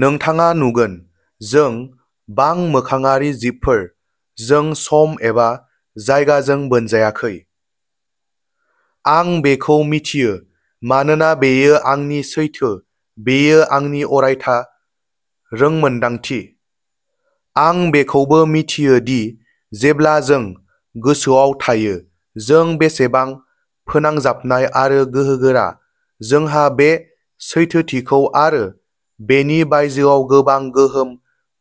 नोंथाङा नुगोन जों बांमोखाङारि जिबफोर, जों सम एबा जायगाजों बोनजायाखै। आं बेखौ मिथियो मानोना बेयो आंनि सैथो, बेयो आंनि अरायथा रोंमोनदांथि। आं बेखौबो मिथियो दि जेब्ला जों गोसोआव थायो जों बेसेबां फोनांजाबनाय आरो गोहोगोरा, जोंहा बे सैथोथिखौ आरो बेनि बायजोआव गोबां गोहोम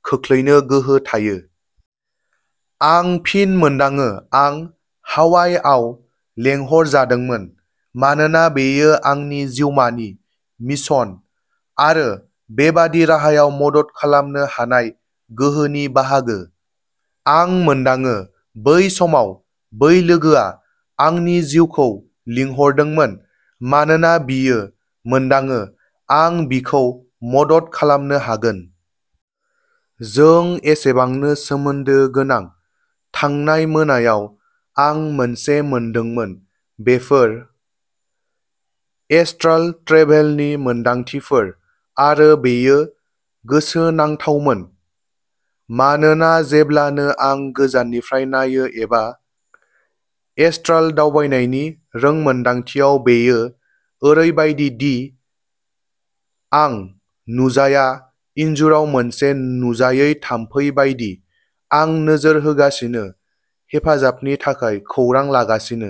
खोख्लैनो गोहो थायो। आं फिन मोनदाङो आं हावाइआव लेंहरजादोंमोन, मानोना बेयो आंनि जिउमानि मिशन आरो बेबादि राहायाव मदद खालामनो हानाय गोहोनि बाहागो। आं मोनदाङो बै समाव बै लोगोआ आंनि जिउखौ लिंहरदोंमोन मानोना बियो मोनदाङो आं बिखौ मदद खालामनो हागोन। जों एसेबांनो सोमोन्दो गोनां! थांनाय मोनायाव आं मोनसे मोनदोंमोन। बेफोर, एस्ट्राल ट्रेभेलनि मोनदांथिफोर, आरो बेयो गोसोनांथावमोन मानोना जेब्लानो आं गोजाननिफ्राय नायो; एबा एस्ट्राल दावबायनायनि रोंमोनदांथियाव बेयो ओरैबायदि दि आं नुजाया। इनजुराव मोनसे नुजायै थामफै बायदि, आं नोजोर होगासिनो, हेफाजाबनि थाखाय खौरां लागासिनो।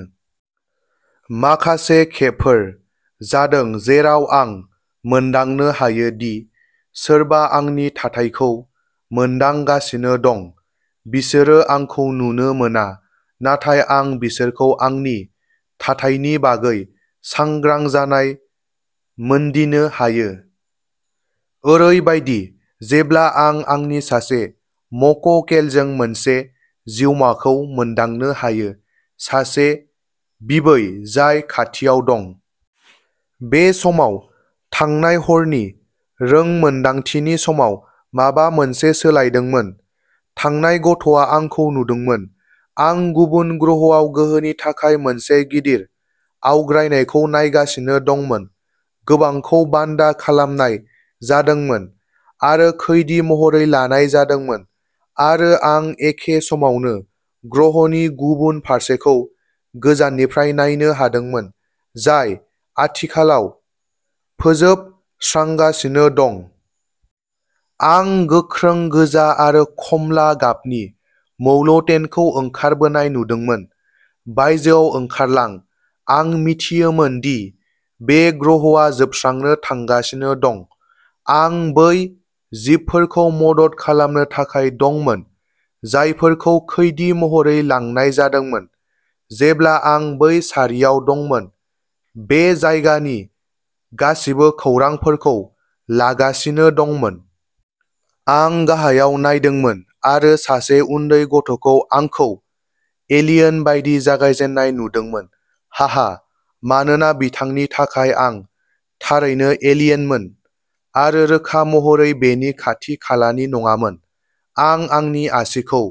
माखासे खेबफोर जादों जेराव आं मोनदांनो हायो दि सोरबा आंनि थाथायखौ मोनदांगासिनो दं। बिसोरो आंखौ नुनो मोना नाथाय आं बिसोरखौ आंनि थाथायनि बागै सांग्रां जानाय मोनदिनो हायो। ओरैबायदि जेब्ला आं आंनि सासे मक्केलजों मोनसे जिउमाखौ मोनदांनो हायो, सासे बिबै जाय खाथियाव दं। बे समाव थांनाय हरनि रोंमोनदांथिनि समाव माबा मोनसे सोलायदोंमोन-थांनाय गथ'आ आंखौ नुदोंमोन। आं गुबुन ग्रहआव गोहोनि थाखाय मोनसे गिदिर आवग्रायनायखौ नायगासिनो दंमोन। गोबांखौ बान्दा खालामनाय जादोंमोन आरो खैदि महरै लानाय जादोंमोन, आरो आं एखे समावनो ग्रह'नि गुबुन फारसेखौ गोजाननिफ्राय नायनो हादोंमोन जाय आथिखालाव फोजोबस्रांजागासिनो दं। आं गोख्रों गोजा आरो खमला गाबनि मौल्टेनखौ ओंखारबोनाय नुदोंमोन। बायजोआव ओंखारलां। आं मिथियोमोन दि बे ग्रहआ जोबस्रांनो थांगासिनो दं। आं बै जिबफोरखौ मदद खालामनो थाखाय दंमोन, जायफोरखौ खैदि महरै लांनाय जादोंमोन। जेब्ला आं बै सारियाव दंमोन, बे जायगानि गासिबो खौरांफोरखौ लागासिनो दंमोन। आं गाहायाव नायदोंमोन आरो सासे उन्दै गथ'खौ आंखौ एलियन बायदि जागायजेननाय नुदोंमोन, हाहा। मानोना बिथांनि थाखाय, आं थारैनो एलियनमोन आरो रोखा महरै बेनि खाथि-खालानि नङामोन। आं आंनि आसिखौ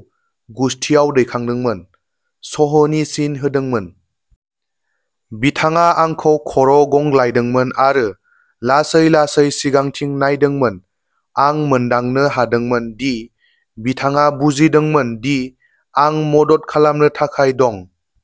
गुसथिआव दैखांदोंमोन, "श्ह" नि सिन होदोंमोन। बिथाङा आंखौ खर'गंग्लायदोंमोन आरो लासै-लासै सिगांथिं नायदोंमोन। आं मोनदांनो हादोंमोन दि बिथाङा बुजिदोंमोन दि आं मदद खालामनो थाखाय दं।